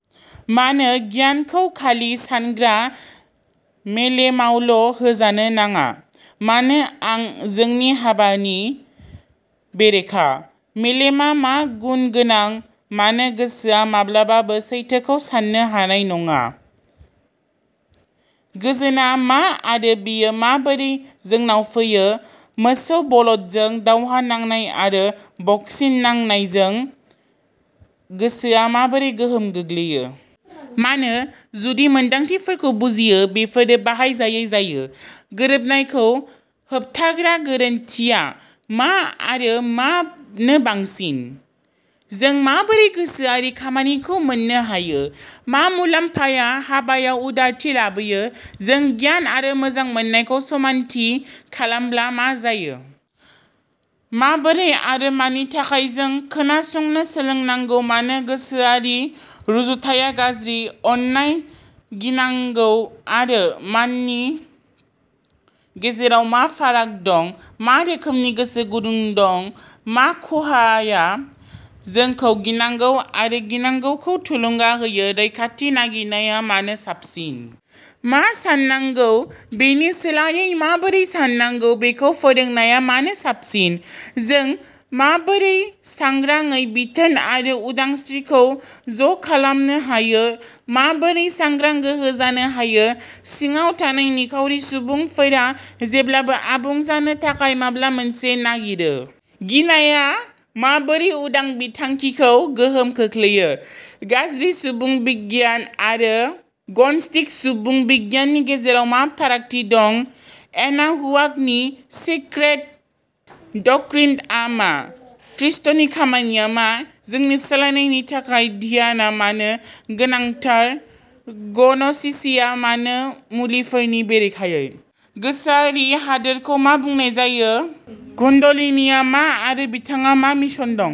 मानो गियानखौ खालि सानग्रा मेलेमावल'होजानो नाङा? मानो? आं? जोंनि हाबानि बेरेखा? मेलेमआ मा गुन गोनां? मानो गोसोआ माब्लाबाबो सैथोखौ साननो हानाय नङा? गोजोनआ मा आरो बेयो माबोरै जोंनाव फैयो? मोसौ बलदजों दावहा नांनाय आरो बक्सिं नायनायजों गोसोआ माबोरै गोहोम गोग्लैयो? मानो, जुदि मोन्दांथिफोरखौ बुजिया, बेफोरो बाहायजायै जायो? गोरोबनायखौ होबथाग्रा गोरोन्थिआ मा आरो मानो बांसिन? जों माबोरै गोसोआरि खामानिखौ मोन्नो हायो? मा मुलाम्फाया हाबायाव उदारथि लाबोयो? जों गियान आरो मोजां मोननायखौ समानथि खालामाब्ला मा जायो? माबोरै आरो मानि थाखाय जों खोनासंनो सोलोंनांगौ? मानो गोसोआरि रुजुथाया गाज्रि? अननाय, गिनांगौ आरो माननि गेजेराव मा फाराग दं? मा रोखोमनि गोसो गुदुं दं? मा खहाआ जोंखौ गिनांगौ आरो गिनांगौखौ थुलुंगा होयो? रैखाथि नागिरनाया मानो साबसिन? मा साननांगौ बेनि सोलायै माबोरै साननांगौ बेखौ फोरोंनाया मानो साबसिन? जों माबोरै सांग्रांयै बिथोन आरो उदांस्रिखौ ज'खालामनो हायो? माबोरै सांग्रां गोहो जानो हायो? सिङाव थानाय निखावरि सुबुंफोरा जेब्लाबो आबुं जानो थाखाय माबा मोनसे नागिरो। गिनाया माबोरै उदां बिथांखिखौ गोहोम खोख्लैयो? गाज्रि सुबुं बिगियान आरो ग'नस्टिक सुबुं बिगियाननि गेजेराव मा फारागथि दं? एनाहुआकनि सिक्रेट डक्ट्रिनआ मा? खृष्टनि खामानिया मा? जोंनि सोलायनायनि थाखाय ध्यानआ मानो गोनांथार? ग'न'सिसआ मानो मुलिफोरनि बेरेखायै? गोसोआरि हादोरखौ मा बुंनाय जायो? कुण्डलिनीआ मा आरो बिथांहा मा मिशन दं?